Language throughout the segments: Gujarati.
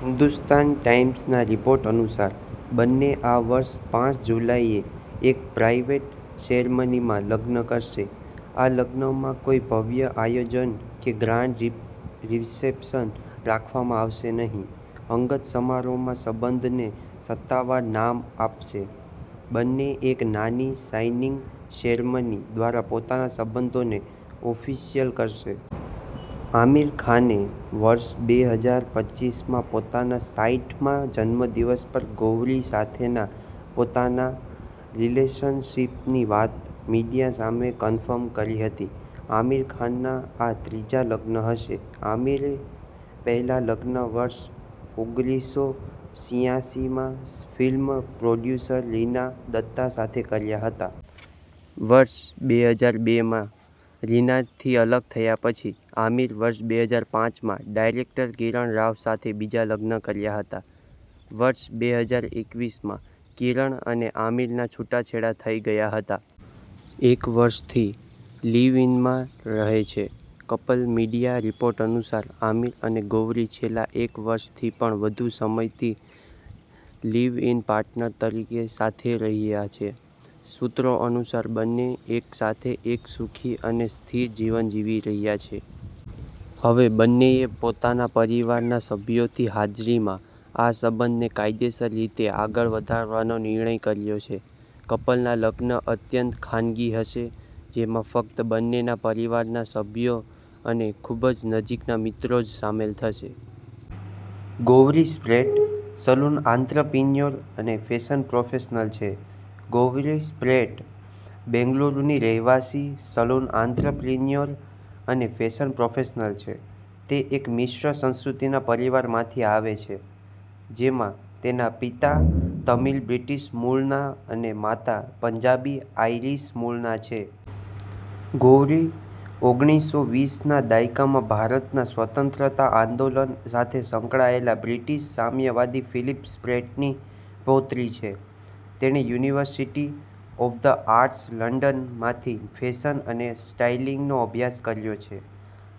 હિન્દુસ્તાન ટાઈમ્સ'ના રિપોર્ટ અનુસાર, બંને આ વર્ષે પાંચ જુલાઈએ એક પ્રાઈવેટ સેરેમનીમાં લગ્ન કરશે. આ લગ્નમાં કોઈ ભવ્ય આયોજન કે ગ્રાન્ડ રિસેપ્શન રાખવામાં આવશે નહીં. અંગત સમારોહમાં સંબંધને સત્તાવાર નામ આપશે. બંને એક નાની સાઈનિંગ સેરેમની દ્વારા પોતાના સંબંધોને ઓફિશિયલ કરશે. આમિર ખાને વર્ષ બે હજાર પચ્ચીસમાં પોતાના સાઈઠ મા જન્મદિવસ પર ગૌરી સાથેના પોતાના રિલેશનશિપની વાત મીડિયા સામે કન્ફર્મ કરી હતી. આમિર ખાનના આ ત્રીજા લગ્ન હશે. આમિરે પહેલા લગ્ન વર્ષ ઓગરીસો છીયાસી માં ફિલ્મ પ્રોડ્યુસર રીના દત્તા સાથે કર્યા હતા. વર્ષ બે હજાર બે માં રીનાથી અલગ થયા પછી, આમિરે વર્ષ બે હજાર પાંચ માં ડિરેક્ટર કિરણ રાવ સાથે બીજા લગ્ન કર્યા હતા. વર્ષ બે હજાર એકવીસ માં કિરણ અને આમિરના છૂટાછેડા થઈ ગયા હતા. એક વર્ષથી લિવ-ઇનમાં રહે છે કપલ. મીડિયા રિપોર્ટ અનુસાર, આમિર અને ગૌરી છેલ્લા એક વર્ષથી પણ વધુ સમયથી લિવ-ઇન પાર્ટનર તરીકે સાથે રહ્યા છે. સૂત્રો અનુસાર, બંને એક સાથે એક સુખી અને સ્થિર જીવન જીવી રહ્યા છે. હવે બંનેએ પોતાના પરિવારના સભ્યોની હાજરીમાં આ સંબંધને કાયદેસર રીતે આગળ વધારવાનો નિર્ણય કર્યો છે. કપલના લગ્ન અત્યંત ખાનગી હશે, જેમાં ફક્ત બંનેના પરિવારના સભ્યો અને ખૂબ જ નજીકના મિત્રો જ સામેલ થશે. ગૌરી સ્પ્રેટ સલૂન આંત્રપ્રિન્યોર અને ફેશન પ્રોફેશનલ છે. ગૌરી સ્પ્રેટ બેંગલુરુની રહેવાસી, સલૂન આંત્રપ્રિન્યોર, અને ફેશન પ્રોફેશનલ છે. તે એક મિશ્ર સંસ્કૃતિના પરિવારમાંથી આવે છે, જેમાં તેના પિતા તમિલ-બ્રિટિશ મૂળના અને માતા પંજાબી-આઇરિશ મૂળના છે. ગૌરી ઓગરીસો વીસ ના દાયકામાં ભારતના સ્વતંત્રતા આંદોલન સાથે સંકળાયેલા બ્રિટિશ સામ્યવાદી ફિલિપ સ્પ્રેટની પૌત્રી છે. તેણે university 'of the arts London' માંથી ફેશન અને સ્ટાઇલિંગનો અભ્યાસ કર્યો છે.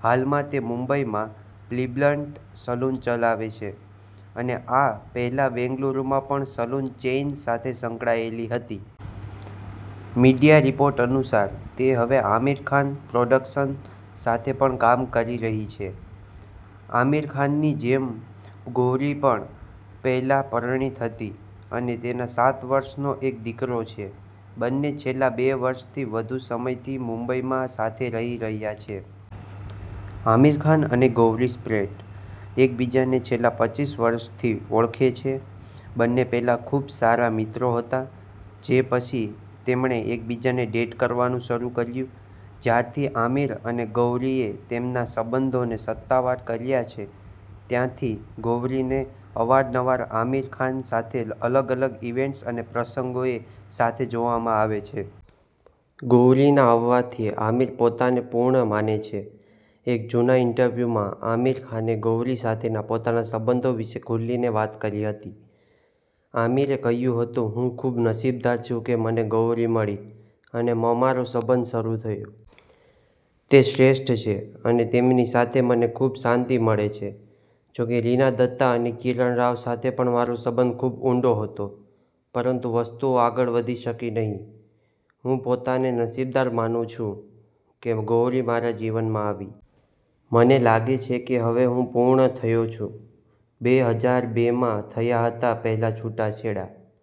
હાલમાં તે મુંબઈમાં 'બીબ્લન્ટ' સલૂન ચલાવે છે, અને આ પહેલા બેંગલુરુમાં પણ સલૂન ચેઇન સાથે સંકળાયેલી હતી. મીડિયા રિપોર્ટ્સ અનુસાર તે હવે આમિર ખાન પ્રોડક્શન્સ સાથે પણ કામ કરી રહી છે. આમિર ખાનની જેમ ગૌરી પણ પહેલા પરિણીત હતી અને તેને સાત વર્ષનો એક દીકરો છે. બંને છેલ્લા બે વર્ષથી વધુ સમયથી મુંબઈમાં સાથે રહી રહ્યા છે. આમિર ખાન અને ગૌરી સ્પ્રેટ એકબીજાને છેલ્લા પચ્ચીસ વર્ષથી ઓળખે છે. બંને પહેલા ખૂબ સારા મિત્રો હતા, જે પછી તેમણે એકબીજાને ડેટ કરવાનું શરૂ કર્યું. જ્યારથી આમિર અને ગૌરીએ તેમના સંબંધોને સત્તાવાર કર્યા છે, ત્યારથી ગૌરીને અવારનવાર આમિર ખાન સાથે અલગ-અલગ ઇવેન્ટ્સ અને પ્રસંગોએ સાથે જોવામાં આવે છે. ગૌરીના આવવાથી આમિર પોતાને પૂર્ણ માને છે. એક જૂના ઇન્ટરવ્યુમાં આમિર ખાને, ગૌરી સાથેના પોતાના સંબંધો વિશે ખુલીને વાત કરી હતી. આમિરે કહ્યું હતું, "હું ખૂબ નસીબદાર છું કે મને ગૌરી મળી અને અમારો સંબંધ શરૂ થયો. તે શ્રેષ્ઠ છે અને તેમની સાથે મને ખૂબ શાંતિ મળે છે. જોકે, રીના દત્તા અને કિરણ રાવ સાથે પણ મારો સંબંધ ખૂબ ઊંડો હતો, પરંતુ વસ્તુઓ આગળ વધી શકી નહીં. હું પોતાને નસીબદાર માનું છું કે ગૌરી મારા જીવનમાં આવી. મને લાગે છે કે હવે હું પૂર્ણ થયો છું." બે હજાર બે માં થયા હતા પહેલા છૂટાછેડા.